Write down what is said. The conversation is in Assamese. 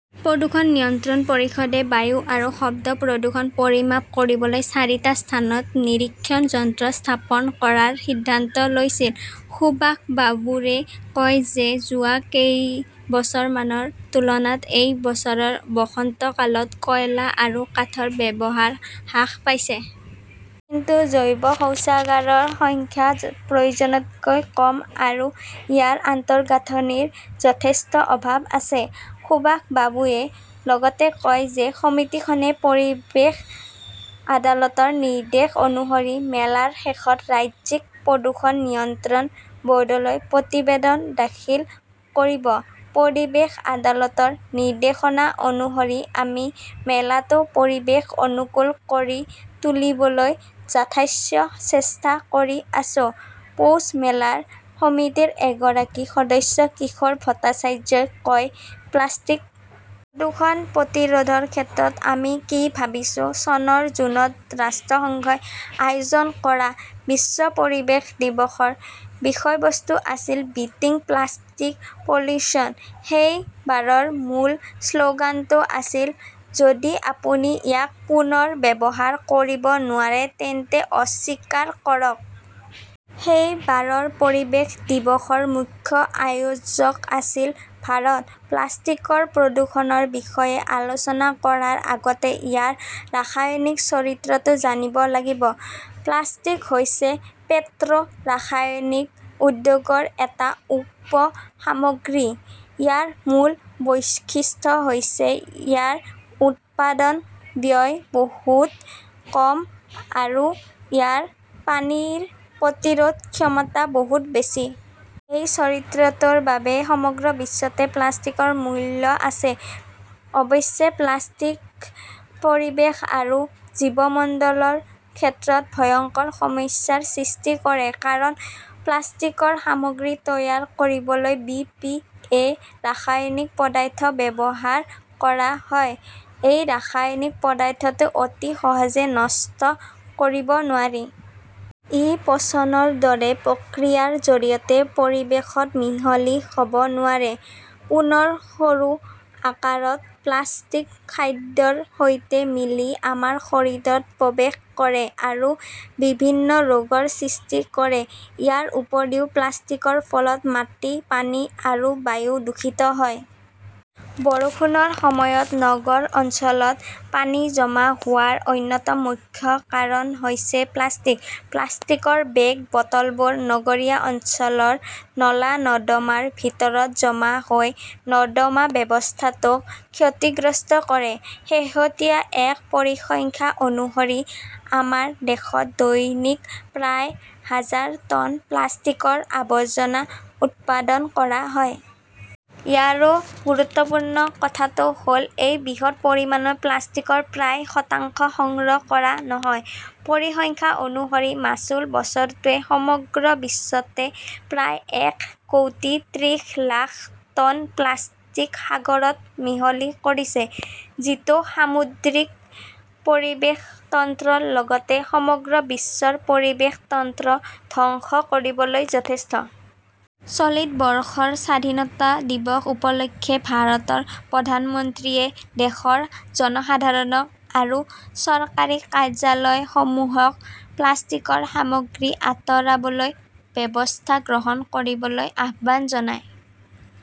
প্ৰদূষণ নিয়ন্ত্ৰণ পৰিষদে বায়ু আৰু শব্দ প্ৰদূষণ পৰিমাপ কৰিবলৈ চাৰিটা স্থানত নিৰীক্ষণ যন্ত্ৰ স্থাপন কৰাৰ সিদ্ধান্ত লৈছিল। সুভাষ বাবুৰে কয় যে যোৱা কেইবছৰমানৰ তুলনাত এই বছৰৰ বসন্তকালত কয়লা আৰু কাঠৰ ব্যৱহাৰ হ্ৰাস পাইছে। কিন্তু, জৈৱ শৌচাগাৰৰ সংখ্যা প্ৰয়োজনতকৈ কম আৰু ইয়াৰ আন্তঃগাঁথনিৰ যথেষ্ট অভাৱ আছে। সুভাষ বাবুৱে লগতে কয় যে সমিতিখনে পৰিৱেশ আদালতৰ নিৰ্দেশ অনুসৰি মেলাৰ শেষত ৰাজ্যিক প্ৰদূষণ নিয়ন্ত্ৰণ বৰ্ডলৈ প্ৰতিবেদন দাখিল কৰিব। পৰিৱেশ আদালতৰ নিৰ্দেশনা অনুসৰি আমি মেলাটো পৰিৱেশ অনুকূল কৰি তুলিবলৈ যথাসাধ্য চেষ্টা কৰি আছো, পৌছমেলা সমিতিৰ এগৰাকী সদস্য কিশোৰ ভট্টাচাৰ্যই কয়। প্লাষ্টিক প্ৰদূষণ প্ৰতিৰোধৰ ক্ষেত্ৰত আমি কি ভাবিছোঁ চনৰ জুনত ৰাষ্ট্ৰসংঘই আয়োজন কৰা বিশ্ব পৰিৱেশ দিৱসৰ বিষয়বস্তু আছিল 'বিটিঙ প্লাষ্টিক পলিউশ্যন। সেই বাৰৰ মূল শ্লোগানটো আছিল, যদি আপুনি ইয়াক পুনৰ ব্যৱহাৰ কৰিব নোৱাৰে তেন্তে অস্বীকাৰ কৰক। 'সেই বাৰৰ পৰিৱেশ দিৱসৰ মুখ্য আয়োজক আছিল ভাৰত। প্লাষ্টিকৰ প্ৰদূষণৰ বিষয়ে আলোচনা কৰাৰ আগতে ইয়াৰ ৰাসায়নিক চৰিত্ৰটো জানিব লাগিব। প্লাষ্টিক হৈছে পেট্ৰ ৰাসায়নিক উদ্যোগৰ এটা উপ-সামগ্ৰী। ইয়াৰ মূল বৈশিষ্ট্য হৈছে ইয়াৰ উৎপাদন ব্যয় বহুত কম আৰু ইয়াৰ পানীৰ প্ৰতিৰোধ ক্ষমতা বহুত বেছি। এই চৰিত্ৰটোৰ বাবেই সমগ্ৰ বিশ্বতে প্লাষ্টিকৰ মূল্য আছে। অৱশ্যে, প্লাষ্টিকই পৰিৱেশ আৰু জীৱমণ্ডলৰ ক্ষেত্ৰত ভয়ংকৰ সমস্যাৰ সৃষ্টি কৰে। কাৰণ, প্লাষ্টিকৰ সামগ্ৰী তৈয়াৰ কৰিবলৈ বি. পি. এ. ৰাসায়নিক পদাৰ্থ ব্যৱহাৰ কৰা হয়। এই ৰাসায়নিক পদাৰ্থটো অতি সহজে নষ্ট কৰিব নোৱাৰি। ই পচনৰ দৰে প্ৰক্ৰিয়াৰ জৰিয়তে পৰিৱেশত মিহলি হব নোৱাৰে। পুনৰ সৰু আকাৰত প্লাষ্টিক খাদ্যৰ সৈতে মিলি আমাৰ শৰীৰত প্ৰৱেশ কৰে আৰু বিভিন্ন ৰোগৰ সৃষ্টি কৰে। ইয়াৰ উপৰিও প্লাষ্টিকৰ ফলত মাটি, পানী আৰু বায়ু দূষিত হয়। বৰষুণৰ সময়ত নগৰ অঞ্চলত পানী জমা হোৱাৰ অন্যতম মুখ্য কাৰণ হৈছে প্লাষ্টিক। প্লাষ্টিকৰ বেগ, বটলবোৰ নগৰীয়া অঞ্চলৰ নলা-নৰ্দমাৰ ভিতৰত জমা হৈ নৰ্দমা ব্যৱস্থাটোক ক্ষতিগ্ৰস্ত কৰে। শেহতীয়া এক পৰিসংখ্যা অনুসৰি, আমাৰ দেশত দৈনিক প্ৰায় হাজাৰ টন প্লাষ্টিকৰ আৱৰ্জনা উৎপাদন কৰা হয়। ইয়াৰো গুৰুত্বপূৰ্ণ কথাটো হল, এই বৃহৎ পৰিমাণৰ প্লাষ্টিকৰ প্ৰায় শতাংশ সংগ্ৰহ কৰা নহয়। পৰিসংখ্যা অনুসৰি, মাচুল-বছৰটোৱে সমগ্ৰ বিশ্বতে প্ৰায় এক কোটি ত্ৰিশ লাখ টন প্লাষ্টিক সাগৰত মিহলি কৰিছে। যিটো সামুদ্ৰিক পৰিৱেশ তন্ত্ৰৰ লগতে সমগ্ৰ বিশ্বৰ পৰিৱেশ তন্ত্ৰ ধ্বংস কৰিবলৈ যথেষ্ট। চলিত বৰ্ষৰ স্বাধীনতা দিৱস উপলক্ষে ভাৰতৰ প্ৰধানমন্ত্ৰীয়ে দেশৰ জনসাধাৰণ আৰু চৰকাৰী কাৰ্যালয়সমূহক প্লাষ্টিকৰ সামগ্ৰী আঁতৰাবলৈ ব্যৱস্থা গ্ৰহণ কৰিবলৈ আহ্বান জনায়।